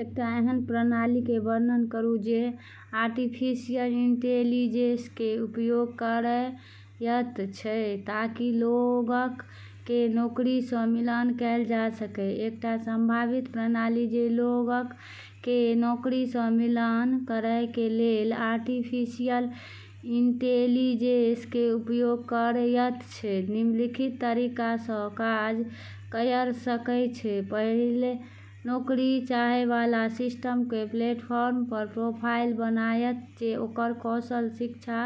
एकटा एहन प्रणाली के वर्णन करूं जे आर्टिफिशियल इंटेलिजेंस के उपयोग करएयत छै ताकि लोगक के नौकरी सं मिलान कैल जा सकएय। एकटा संभावित प्रणाली जे लोगक के नौकरी सं मिलान करय के लेल आर्टिफिशियल इंटेलिजेंस के उपयोग करयत छै, निम्नलिखित तरीका सं काज कयर सकय छै: पहिल, नौकरी चाहय वाला सिस्टम के प्लेटफॉर्म पर प्रोफाइल बनायत, जे ओकर कौशल, शिक्षा,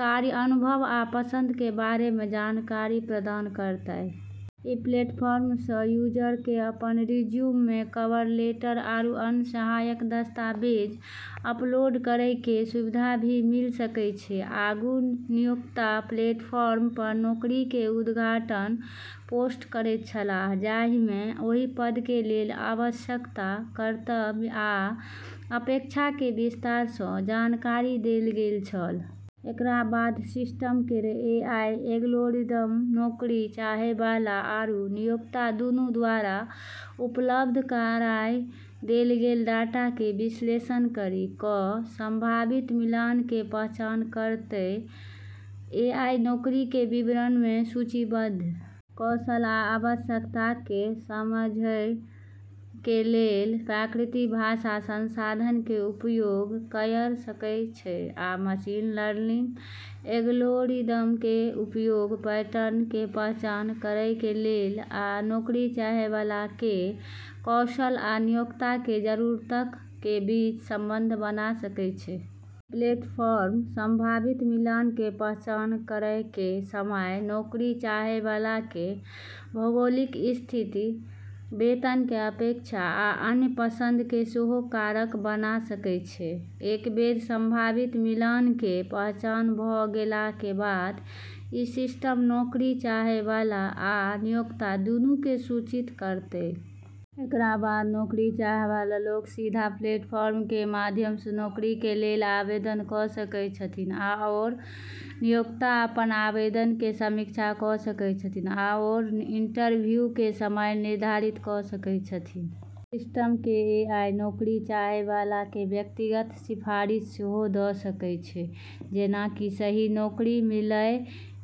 कार्य अनुभव, आ पसंद के बारे मे जानकारी प्रदान करतय। ई प्लेटफॉर्म स यूजर क अपन रिज्यूमे, कवर लेटर आरू अन्य सहायक दस्तावेज अपलोड करै के सुविधा भी मिल सकै छै। आगू नियोक्ता प्लेटफार्म पर नौकरी के उद्घाटन पोस्ट करैत छलाह, जाहि मे ओहि पद के लेल आवश्यकता, कर्तव्य, आ अपेक्षा के विस्तार सं जानकारी देल गेल छल। एकरा बाद सिस्टम केर एआई एल्गोरिदम नौकरी चाहै वाला आरू नियोक्ता दूनू द्वारा उपलब्ध कराय देल गेल डाटा के विश्लेषण करी क संभावित मिलान के पहचान करतै। एआई नौकरी के विवरण मे सूचीबद्ध कौशल आ आवश्यकताक के समझय के लेल प्राकृतिक भाषा संसाधन के उपयोग कयर सकय छै, आ मशीन लर्निंग एल्गोरिदम के उपयोग पैटर्न के पहचान करय के लेल आ नौकरी चाहय वाला के कौशल आ नियोक्ता के जरूरतक के बीच संबंध बना सकय छै। इ प्लेटफॉर्म संभावित मिलान के पहचान करय के समय नौकरी चाहय वाला के भौगोलिक स्थिति, वेतन के अपेक्षा, आ अन्य पसंद के सेहो कारक बना सकय छै। एक बेर संभावित मिलान के पहचान भ गेलाक के बाद इ सिस्टम नौकरी चाहय वाला आ नियोक्ता दूनू के सूचित करतय। एकरा बाद नौकरी चाहय वाला लोक सीधा प्लेटफॉर्म के माध्यम सं नौकरी के लेल आवेदन क सकय छथिन्ह, आओर नियोक्ता अपन आवेदन के समीक्षा क सकय छथिन्ह आओर इंटरव्यू के समय निर्धारित क सकय छथिन्ह। सिस्टम के एआई नौकरी चाहय वाला के व्यक्तिगत सिफारिश सेहो द सकय छै, जेना कि सही नौकरी मिलय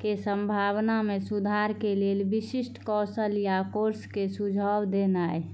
के संभावना मे सुधार के लेल विशिष्ट कौशल या कोर्स के सुझाव देनाय।